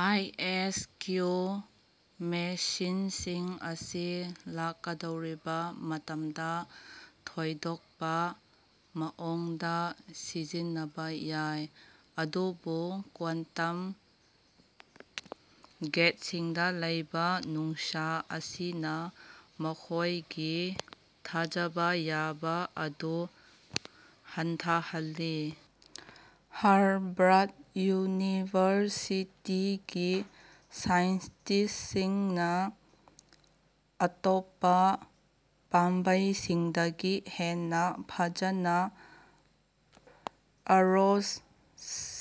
(ꯑꯥꯏ. S. Q) ꯃꯦꯁꯤꯟꯁꯤꯡ ꯑꯁꯤ ꯂꯥꯛꯀꯗꯧꯔꯤꯕ ꯃꯇꯝꯗ ꯊꯣꯏꯗꯣꯛꯄ ꯃꯑꯣꯡꯗ ꯁꯤꯖꯤꯟꯅꯕ ꯌꯥꯏ, ꯑꯗꯨꯕꯨ ꯀ꯭ꯋꯥꯟꯇꯝ ꯒꯦꯠꯁꯤꯡꯗ ꯂꯩꯕ ꯅꯨꯡꯁꯥ ꯑꯁꯤꯅ ꯃꯈꯣꯏꯒꯤ ꯊꯥꯖꯕ ꯌꯥꯕ ꯑꯗꯨ ꯍꯟꯊꯍꯜꯂꯤ꯫ꯍꯔꯕꯔ꯭ꯗ ꯌꯨꯅꯤꯚꯔꯁꯤꯇꯤꯒꯤ ꯁꯥꯏꯟꯇꯤꯁꯁꯤꯡꯅ ꯑꯇꯣꯞꯄ ꯄꯥꯝꯕꯩꯁꯤꯡꯗꯒꯤ ꯍꯦꯟꯅ ꯐꯖꯅ ꯑꯔꯣꯔꯁ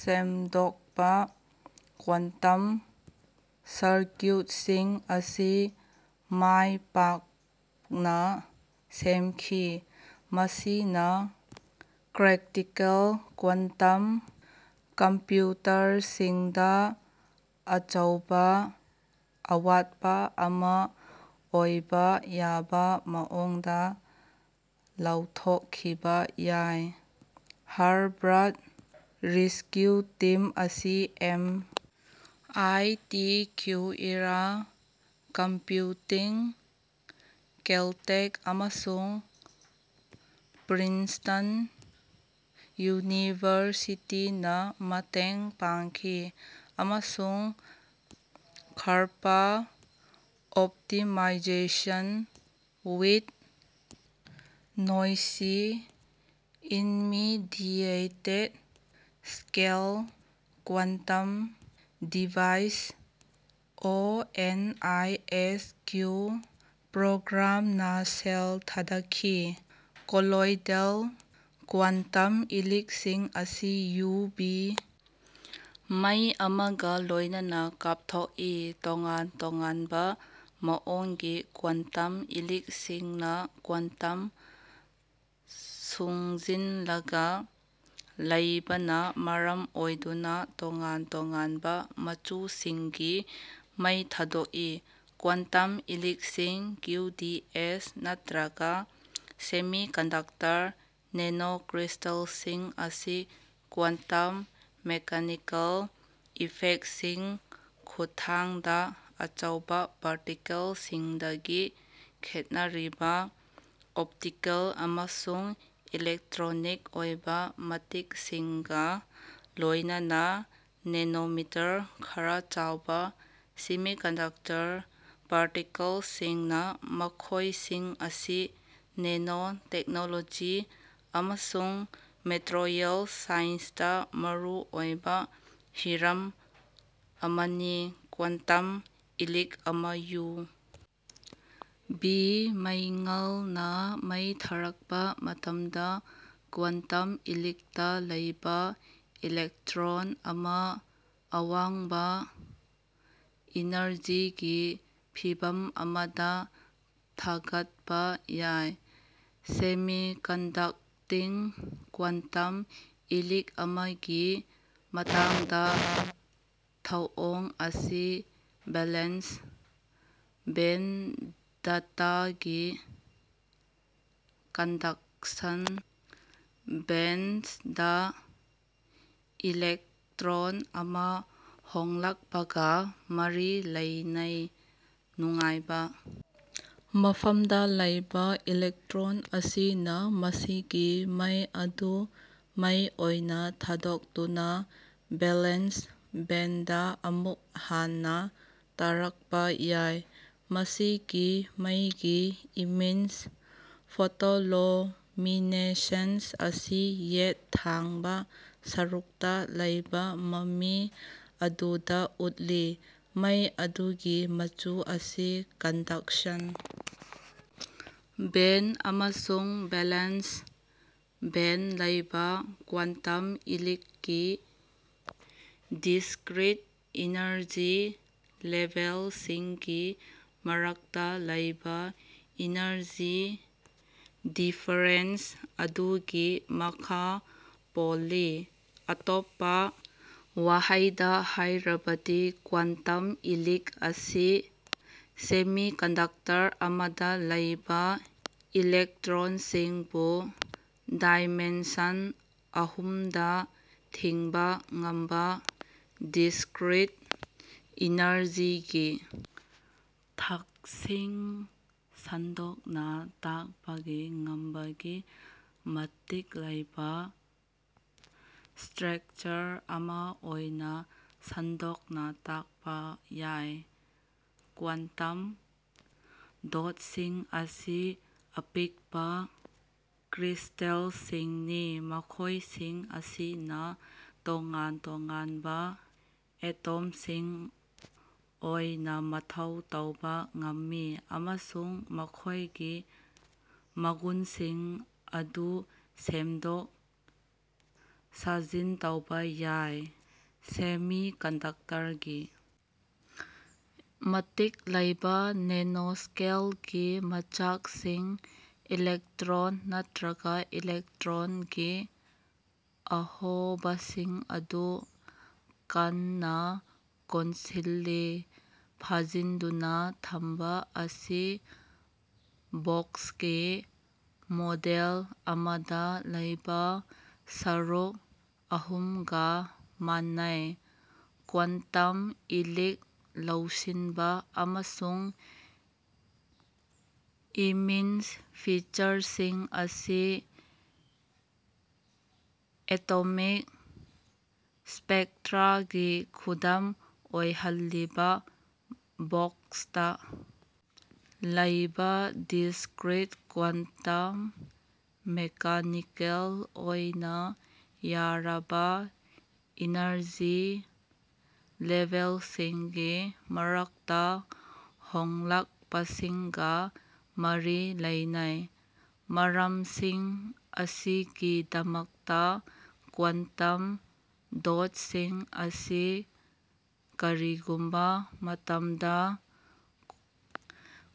ꯁꯦꯝꯗꯣꯛꯄ "ꯀ꯭ꯋꯥꯟꯇꯝ ꯁꯔꯀ꯭ꯌꯨꯠꯁꯤꯡ" ꯑꯁꯤ ꯃꯥꯏ ꯄꯥꯛꯅ ꯁꯦꯝꯈꯤ, ꯃꯁꯤꯅ ꯀ꯭ꯔꯦꯛꯇꯤꯀꯦꯜ ꯀ꯭ꯋꯥꯟꯇꯝ ꯀꯝꯄ꯭ꯌꯨꯇꯔꯁꯤꯡꯗ ꯑꯆꯧꯕ ꯑꯋꯥꯠꯄ ꯑꯃ ꯑꯣꯏꯕ ꯌꯥꯕ ꯃꯑꯣꯡꯗ ꯂꯧꯊꯣꯛꯈꯤꯕ ꯌꯥꯏ꯫ ꯍꯔꯕꯔ꯭ꯗ ꯔꯦꯁꯀ꯭ꯌꯨ ꯇꯤꯝ ꯑꯁꯤ M. I. T., QuEra computing, Caltech, ꯑꯃꯁꯨꯡ ꯄ꯭ꯔꯤꯟꯁꯇꯟ ꯌꯨꯅꯤꯚꯔꯁꯤꯇꯤꯅ ꯃꯇꯦꯡ ꯄꯥꯡꯈꯤ ꯑꯃꯁꯨꯡ ꯈꯔꯄꯥ optimization with noisy intermediate scale quantum devices (O. N. I. S. Q) program ꯅ ꯁꯦꯜ ꯊꯥꯗꯈꯤ꯫ ꯀꯣꯂꯣꯏꯗꯦꯜ ꯀ꯭ꯋꯥꯟꯇꯝ ꯏꯂꯤꯛꯁꯤꯡ ꯑꯁꯤ ꯌꯨ. ꯚꯤ. ꯃꯩ ꯑꯃꯒ ꯂꯣꯏꯅꯅ ꯀꯥꯞꯊꯣꯛꯏ꯫ ꯇꯣꯉꯥꯟ-ꯇꯣꯉꯥꯟꯕ ꯃꯑꯣꯡꯒꯤ ꯀ꯭ꯋꯥꯟꯇꯝ ꯏꯂꯤꯛꯁꯤꯡꯅ ꯀ꯭ꯋꯥꯟꯇꯝ ꯁꯨꯡꯖꯤꯟꯂꯒ ꯂꯩꯕꯅ ꯃꯔꯝ ꯑꯣꯏꯗꯨꯅ ꯇꯣꯉꯥꯟ-ꯇꯣꯉꯥꯟꯕ ꯃꯆꯨꯁꯤꯡꯒꯤ ꯃꯩ ꯊꯥꯗꯣꯛꯏ꯫ ꯀ꯭ꯋꯥꯟꯇꯝ ꯏꯂꯤꯛꯁꯤꯡ (ꯀ꯭ꯌꯨ. ꯗꯤ. ꯑꯦꯁ.) ꯅꯠꯇ꯭ꯔꯒ ꯁꯦꯃꯤꯀꯟꯗꯛꯇꯔ ꯅꯦꯅꯣꯀ꯭ꯔꯤꯁꯇꯜꯁꯤꯡ ꯑꯁꯤ ꯀ꯭ꯋꯥꯟꯇꯝ ꯃꯦꯀꯥꯅꯤꯀꯦꯜ ꯏꯐꯦꯛꯁꯤꯡ ꯈꯨꯠꯊꯥꯡꯗ ꯑꯆꯧꯕ ꯄꯥꯔꯇꯤꯀꯜꯁꯤꯡꯗꯒꯤ ꯈꯦꯠꯅꯔꯤꯕ ꯑꯣꯞꯇꯤꯀꯦꯜ ꯑꯃꯁꯨꯡ ꯏꯂꯦꯛꯇ꯭ꯔꯣꯅꯤꯛ ꯑꯣꯏꯕ ꯃꯇꯤꯛꯁꯤꯡꯒ ꯂꯣꯏꯅꯅ ꯅꯦꯅꯣꯃꯤꯇꯔ ꯈꯔ ꯆꯥꯎꯕ ꯁꯦꯃꯤꯀꯟꯗꯛꯇꯔ ꯄꯥꯔꯇꯤꯀꯜꯁꯤꯡꯅꯤ꯫ ꯃꯈꯣꯏꯁꯤꯡ ꯑꯁꯤ ꯅꯦꯅꯣ ꯇꯦꯛꯅꯣꯂꯣꯖꯤ ꯑꯃꯁꯨꯡ ꯃꯦꯇ꯭ꯔꯤꯌꯦꯜꯁ ꯁꯥꯏꯟ꯭ꯁꯇ ꯃꯔꯨ ꯑꯣꯏꯕ ꯍꯤꯔꯝ ꯑꯃꯅꯤ꯫ ꯀ꯭ꯋꯥꯟꯇꯝ ꯏꯂꯤꯛ ꯑꯃ ꯌꯨ. ꯚꯤ. ꯃꯩꯉꯥꯜꯅ ꯃꯩ ꯊꯥꯔꯛꯄ ꯃꯇꯝꯗ, ꯀ꯭ꯋꯥꯟꯇꯝ ꯏꯂꯤꯛꯇ ꯂꯩꯕ ꯏꯂꯦꯛꯇ꯭ꯔꯣꯟ ꯑꯃ ꯑꯋꯥꯡꯕ ꯏꯅꯔꯖꯤꯒꯤ ꯐꯤꯚꯝ ꯑꯃꯗ ꯊꯥꯒꯠꯄ ꯌꯥꯏ꯫ ꯁꯦꯃꯤꯀꯣꯟꯗꯛꯇꯤꯡ ꯀ꯭ꯋꯥꯟꯇꯝ ꯏꯂꯤꯛ ꯑꯃꯒꯤ ꯃꯇꯥꯡꯗ, ꯊꯧꯑꯣꯡ ꯑꯁꯤ ꯚꯦꯂꯦꯟꯁ ꯕꯦꯟꯗꯥꯇꯒꯤ ꯀꯟꯗꯛꯁꯟ ꯕꯦꯟꯗꯗ ꯏꯂꯦꯛꯇ꯭ꯔꯣꯟ ꯑꯃ ꯍꯣꯡꯂꯛꯄꯒ ꯃꯔꯤ ꯂꯩꯅꯩ꯫ ꯅꯨꯉꯥꯏꯕ ꯃꯐꯝꯗ ꯂꯩꯕ ꯏꯂꯦꯛꯇ꯭ꯔꯣꯟ ꯑꯁꯤꯅ ꯃꯁꯤꯒꯤ ꯃꯩ ꯑꯗꯨ ꯃꯩ ꯑꯣꯏꯅ ꯊꯥꯗꯣꯛꯇꯨꯅ ꯚꯦꯂꯦꯟꯁ ꯕꯦꯟꯗ ꯑꯃꯨꯛ ꯍꯟꯅ ꯇꯥꯔꯛꯄ ꯌꯥꯏ꯫ ꯃꯁꯤꯒꯤ ꯃꯩꯒꯤ ꯏꯃꯤꯁ (ꯐꯣꯇꯣꯂꯣꯂꯤꯃꯤꯅꯦꯁꯦꯟꯁ) ꯑꯁꯤ ꯌꯦꯠ ꯊꯪꯕ ꯁꯔꯨꯛꯇ ꯂꯩꯕ ꯃꯃꯤ ꯑꯗꯨꯗ ꯎꯠꯂꯤ꯫ ꯃꯩ ꯑꯗꯨꯒꯤ ꯃꯆꯨ ꯑꯁꯤ ꯀꯟꯗꯛꯁꯟ ꯕꯦꯟꯗ ꯑꯃꯁꯨꯡ ꯚꯦꯂꯦꯟꯁ ꯕꯦꯟꯗ ꯂꯩꯕ ꯀ꯭ꯋꯥꯟꯇꯝ ꯏꯂꯤꯛꯀꯤ ꯗꯤꯁ꯭ꯀ꯭ꯔꯤꯠ ꯏꯅꯔꯖꯤ ꯂꯦꯕꯦꯜꯁꯤꯡꯒꯤ ꯃꯔꯛꯇ ꯂꯩꯕ ꯏꯅꯔꯖꯤ ꯗꯤꯐꯔꯦꯟꯁ ꯑꯗꯨꯒꯤ ꯃꯈꯥ ꯄꯣꯜꯂꯤ꯫ ꯑꯇꯣꯞꯄ ꯋꯥꯍꯩꯗ ꯍꯥꯏꯔꯕꯗꯤ, ꯀ꯭ꯋꯥꯟꯇꯝ ꯏꯂꯤꯛ ꯑꯁꯤ ꯁꯦꯃꯤꯀꯟꯗꯛꯇꯔ ꯑꯃꯗ ꯂꯩꯕ ꯏꯂꯦꯛꯇ꯭ꯔꯣꯟꯁꯤꯡꯕꯨ ꯗꯥꯏꯃꯦꯟꯁꯟ ꯑꯍꯨꯝꯗ ꯊꯤꯡꯕ ꯉꯝꯕ, ꯗꯤꯁꯀ꯭ꯔꯤꯠ ꯏꯅꯔꯖꯤꯒꯤ ꯊꯥꯛꯁꯤꯡ ꯁꯟꯗꯣꯛꯅ ꯇꯥꯛꯄꯒꯤ ꯉꯝꯕꯒꯤ ꯃꯇꯤꯛ ꯂꯩꯕ ꯁꯇ꯭ꯔꯛꯆꯔ ꯑꯃ ꯑꯣꯏꯅ ꯁꯟꯗꯣꯛꯅ ꯇꯥꯛꯄ ꯌꯥꯏ꯫ ꯀ꯭ꯋꯥꯟꯇꯝ ꯗꯣꯠꯁꯤꯡ ꯑꯁꯤ ꯑꯄꯤꯛꯄ ꯀ꯭ꯔꯤꯁꯇꯦꯜꯁꯤꯡꯅꯤ, ꯃꯈꯣꯏꯁꯤꯡ ꯑꯁꯤꯅ ꯇꯣꯉꯥꯟ-ꯇꯣꯉꯥꯟꯕ ꯑꯦꯇꯣꯝꯁꯤꯡ ꯑꯣꯏꯅ ꯃꯊꯧ ꯇꯧꯕ ꯉꯝꯃꯤ, ꯑꯃꯁꯨꯡ ꯃꯈꯣꯏꯒꯤ ꯃꯒꯨꯟꯁꯤꯡ ꯑꯗꯨ ꯁꯦꯝꯗꯣꯛ-ꯁꯥꯖꯤꯟ ꯇꯧꯕ ꯌꯥꯏ꯫ ꯁꯦꯃꯤꯀꯟꯗꯛꯇꯔꯒꯤ ꯃꯇꯤꯛ ꯂꯩꯕ ꯅꯦꯅꯣꯁ꯭ꯀꯦꯜꯒꯤ ꯃꯆꯥꯛꯁꯤꯡ ꯏꯂꯦꯛꯇ꯭ꯔꯣꯟ ꯅꯠꯇ꯭ꯔꯒ ꯏꯂꯦꯛꯇ꯭ꯔꯣꯟꯒꯤ ꯑꯍꯣꯕꯁꯤꯡ ꯑꯗꯨ ꯀꯟꯅ ꯀꯣꯟꯁꯤꯜꯂꯤ꯫ ꯐꯥꯖꯤꯟꯗꯨꯅ ꯊꯝꯕ ꯑꯁꯤ ꯕꯣꯛꯁꯀꯤ ꯃꯣꯗꯦꯜ ꯑꯃꯗ ꯂꯩꯕ ꯁꯔꯨꯛ ꯑꯍꯨꯝꯒ ꯃꯥꯟꯅꯩ꯫ ꯀ꯭ꯋꯥꯟꯇꯝ ꯏꯂꯤꯛ ꯂꯧꯁꯤꯟꯕ ꯑꯃꯁꯨꯡ ꯏꯃꯤꯁ ꯐꯤꯆꯔꯁꯤꯡ ꯑꯁꯤ ꯑꯦꯇꯣꯃꯤꯛ ꯁ꯭ꯄꯦꯛꯇ꯭ꯔꯥꯒꯤ ꯈꯨꯗꯝ ꯑꯣꯏꯍꯜꯂꯤꯕ ꯕꯣꯛꯁꯇ ꯂꯩꯕ ꯗꯤꯁꯀ꯭ꯔꯤꯠ ꯀ꯭ꯋꯥꯟꯇꯝ ꯃꯦꯀꯥꯅꯤꯀꯦꯜ ꯑꯣꯏꯅ ꯌꯥꯔꯕ ꯏꯅꯔꯖꯤ ꯂꯦꯕꯦꯜꯁꯤꯡꯒꯤ ꯃꯔꯛꯇ ꯍꯣꯡꯂꯛꯄꯁꯤꯡꯒ ꯃꯔꯤ ꯂꯩꯅꯩ꯫ ꯃꯔꯝꯁꯤꯡ ꯑꯁꯤꯒꯤꯗꯃꯛꯇ, ꯀ꯭ꯋꯥꯟꯇꯝ ꯗꯣꯠꯁꯤꯡ ꯑꯁꯤ ꯀꯔꯤꯒꯨꯝꯕ ꯃꯇꯝꯗ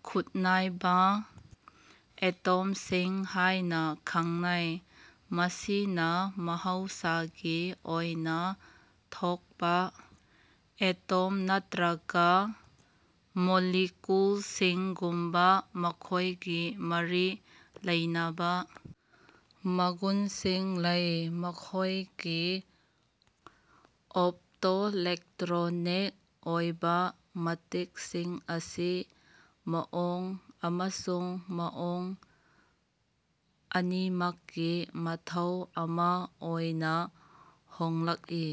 ꯈꯨꯠꯅꯥꯏꯕ ꯑꯦꯇꯣꯝꯁꯤꯡ ꯍꯥꯏꯅ ꯈꯪꯅꯩ, ꯃꯁꯤꯅ ꯃꯍꯧꯁꯥꯒꯤ ꯑꯣꯏꯅ ꯊꯣꯛꯄ ꯑꯦꯇꯣꯝ ꯅꯠꯇ꯭ꯔꯒ ꯃꯣꯂꯤꯀꯨꯜꯁꯤꯡꯒꯨꯝꯕ ꯃꯈꯣꯏꯒꯤ ꯃꯔꯤ ꯂꯩꯅꯕ ꯃꯒꯨꯟꯁꯤꯡ ꯂꯩ꯫ ꯃꯈꯣꯏꯒꯤ ꯑꯣꯞꯇꯣꯂꯦꯛꯇ꯭ꯔꯣꯅꯤꯛ ꯑꯣꯏꯕ ꯃꯇꯤꯛꯁꯤꯡ ꯑꯁꯤ ꯃꯑꯣꯡ ꯑꯃꯁꯨꯡ ꯃꯑꯣꯡ ꯑꯅꯤꯃꯛꯀꯤ ꯃꯊꯧ ꯑꯃ ꯑꯣꯏꯅ ꯍꯣꯡꯂꯛꯏ꯫